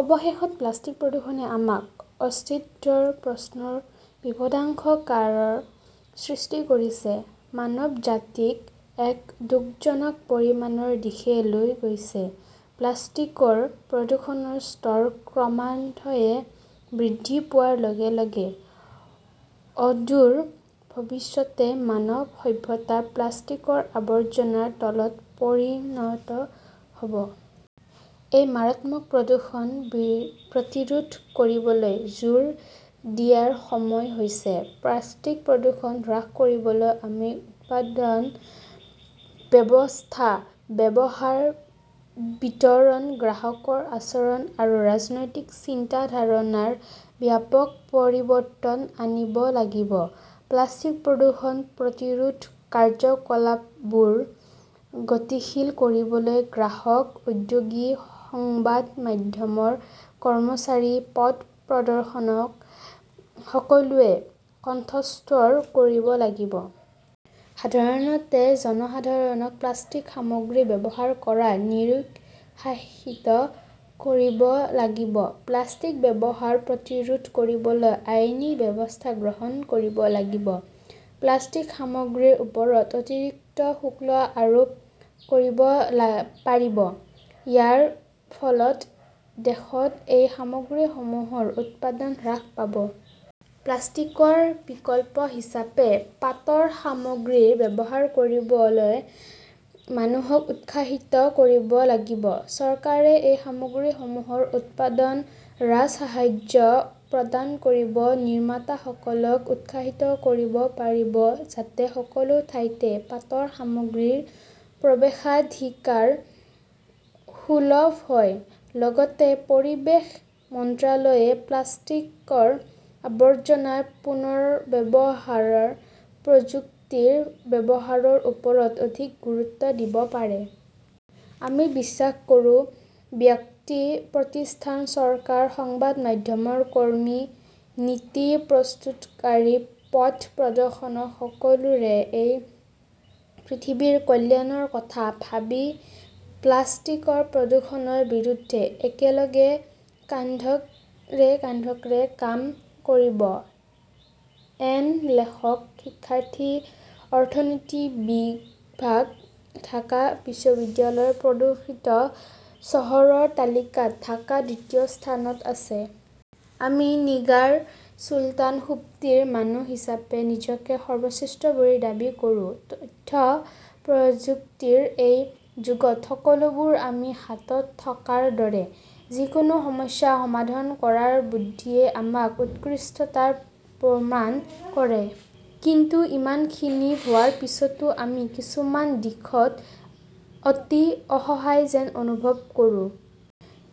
অৱশেষত, প্লাষ্টিক প্ৰদূষণে আমাৰ অস্তিত্বৰ প্ৰশ্নৰ বিপদাশংকাৰ সৃষ্টি কৰিছে, মানৱজাতিক এক দুখজনক পৰিণামৰ দিশে লৈ গৈছে। প্লাষ্টিকৰ প্ৰদূষণৰ স্তৰ ক্ৰমান্বয়ে বৃদ্ধি পোৱাৰ লগে লগে অদূৰ ভৱিষ্যতে মানৱ সভ্যতা প্লাষ্টিকৰ আৱৰ্জনাৰ তলত পৰিণত হ'ব। এই মাৰাত্মক প্ৰদূষণ প্ৰতিৰোধ কৰিবলৈ জোৰ দিয়াৰ সময় হৈছে। প্লাষ্টিকৰ প্ৰদূষণ হ্ৰাস কৰিবলৈ আমি উৎপাদন ব্যৱস্থা, ব্যৱহাৰ, বিতৰণ, গ্ৰাহকৰ আচৰণ আৰু ৰাজনৈতিক চিন্তাধাৰাত ব্যাপক পৰিৱৰ্তন আনিব লাগিব। প্লাষ্টিক প্ৰদূষণ প্ৰতিৰোধ কাৰ্যকলাপবোৰ গতিশীল কৰিবলৈ গ্ৰাহক, উদ্যোগী, সংবাদ মাধ্যমৰ কৰ্মচাৰী, পথ প্ৰদৰ্শক সকলোৱে কণ্ঠস্বৰ কৰিব লাগিব। সাধাৰণ জনসাধাৰণক প্লাষ্টিকৰ সামগ্ৰী ব্যৱহাৰ কৰাত নিৰুৎসাহিত কৰিব লাগিব। প্লাষ্টিকৰ ব্যৱহাৰ প্ৰতিৰোধ কৰিবলৈ আইনী ব্যৱস্থা গ্ৰহণ কৰিব লাগিব। প্লাষ্টিক সামগ্ৰীৰ ওপৰত অতিৰিক্ত শুল্ক আৰোপ কৰিব পাৰি। ইয়াৰ ফলত দেশত এই সামগ্ৰীসমূহৰ উৎপাদন হ্ৰাস পাব। প্লাষ্টিকৰ বিকল্প হিচাপে পাটৰ সামগ্ৰী ব্যৱহাৰ কৰিবলৈ মানুহক উৎসাহিত কৰিব লাগিব। চৰকাৰে এই সামগ্ৰীসমূহৰ উৎপাদনত ৰাজসাহায্য প্ৰদান কৰি নিৰ্মাতাসকলক উৎসাহিত কৰিব পাৰে যাতে সকলো ঠাইতে পাটৰ সামগ্ৰীৰ প্ৰৱেশাধিকাৰ সুলভ হয়। লগতে পৰিৱেশ মন্ত্ৰালয়ে প্লাষ্টিকৰ আৱৰ্জনা পুনৰ্ব্যৱহাৰত প্ৰযুক্তিৰ ব্যৱহাৰৰ ওপৰত অধিক গুৰুত্ব দিব পাৰে। আমি বিশ্বাস কৰোঁ, ব্যক্তি, প্ৰতিষ্ঠান, চৰকাৰ, সংবাদ মাধ্যমৰ কৰ্মী, নীতি প্ৰস্তুতকাৰী, পথ প্ৰদৰ্শকসকলে এই পৃথিৱীৰ কল্যাণৰ কথা ভাবি প্লাষ্টিক প্ৰদূষণৰ বিৰুদ্ধে একেলগে কান্ধৰে কান্ধৰে কাম কৰিব। এন লেখক শিক্ষাৰ্থী, অৰ্থনীতি বিভাগ, ঢাকা বিশ্ববিদ্যালয়। প্ৰদূষিত চহৰৰ তালিকাত ঢাকা দ্বিতীয় স্থানত আছে। আমি নিগাৰ চুলতান সুপ্তি মানুহ হিচাপে নিজকে সৰ্বশ্ৰেষ্ঠ বুলি দাবী কৰোঁ। তথ্য প্ৰযুক্তিৰ এই যুগত সকলোবোৰ আমাৰ হাতত থকাৰ দৰে। যিকোনো সমস্যা সমাধান কৰাৰ বুদ্ধিই আমাৰ উৎকৃষ্টতা প্ৰমাণ কৰে। কিন্তু ইমানখিনি হোৱাৰ পিছতো আমি কিছুমান দিশত অতি অসহায় যেন অনুভৱ কৰোঁ।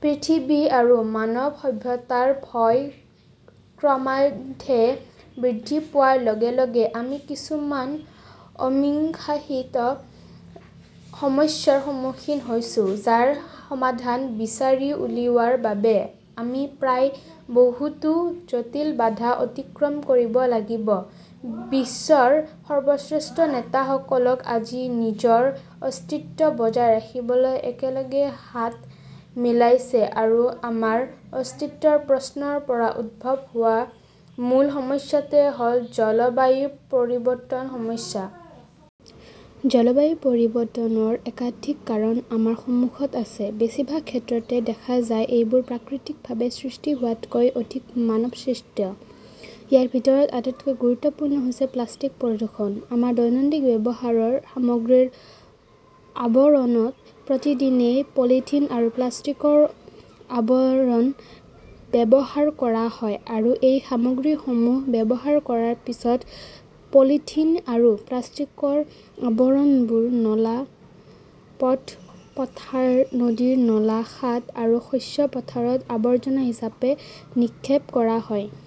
পৃথিৱী আৰু মানৱ সভ্যতাৰ বয়স ক্ৰমান্বয়ে বৃদ্ধি পোৱাৰ লগে লগে আমি কিছুমান অমীমাংসিত সমস্যাৰ সন্মুখীন হৈছো, যাৰ সমাধান বিচাৰি উলিওৱাৰ বাবে আমি প্ৰায়ে বহুতো জটিল বাধা অতিক্ৰম কৰিব লাগিব। বিশ্বৰ সৰ্বশ্ৰেষ্ঠ নেতাসকলে আজি নিজৰ অস্তিত্ব বজাই ৰাখিবলৈ একেলগে হাত মিলাইছে আৰু আমাৰ অস্তিত্বৰ প্ৰশ্নৰ পৰা উদ্ভৱ হোৱা মূল সমস্যাটো হ'ল জলবায়ু পৰিৱৰ্তনৰ সমস্যা। জলবায়ু পৰিৱৰ্তনৰ একাধিক কাৰণ আমাৰ সন্মুখত আছে। বেছিভাগ ক্ষেত্ৰতে দেখা যায় এইবোৰ প্ৰাকৃতিকভাৱে সৃষ্টি হোৱাতকৈ অধিক মানৱসৃষ্ট। ইয়াৰ ভিতৰত আটাইতকৈ গুৰুত্বপূৰ্ণ হৈছে প্লাষ্টিকৰ প্ৰদূষণ। আমাৰ দৈনন্দিন ব্যৱহাৰৰ সামগ্ৰীৰ আৱৰণত প্ৰতিদিনে পলিথিন আৰু প্লাষ্টিকৰ আৱৰণ ব্যৱহাৰ কৰা হয় আৰু এই সামগ্ৰীসমূহ ব্যৱহাৰ কৰাৰ পিছত পলিথিন আৰু প্লাষ্টিকৰ আৱৰণবোৰ নলা, পথ, পথাৰ, নদীৰ নলা, খাল আৰু শস্যৰ পথাৰত আৱৰ্জনা হিচাপে নিক্ষেপ কৰা হয়।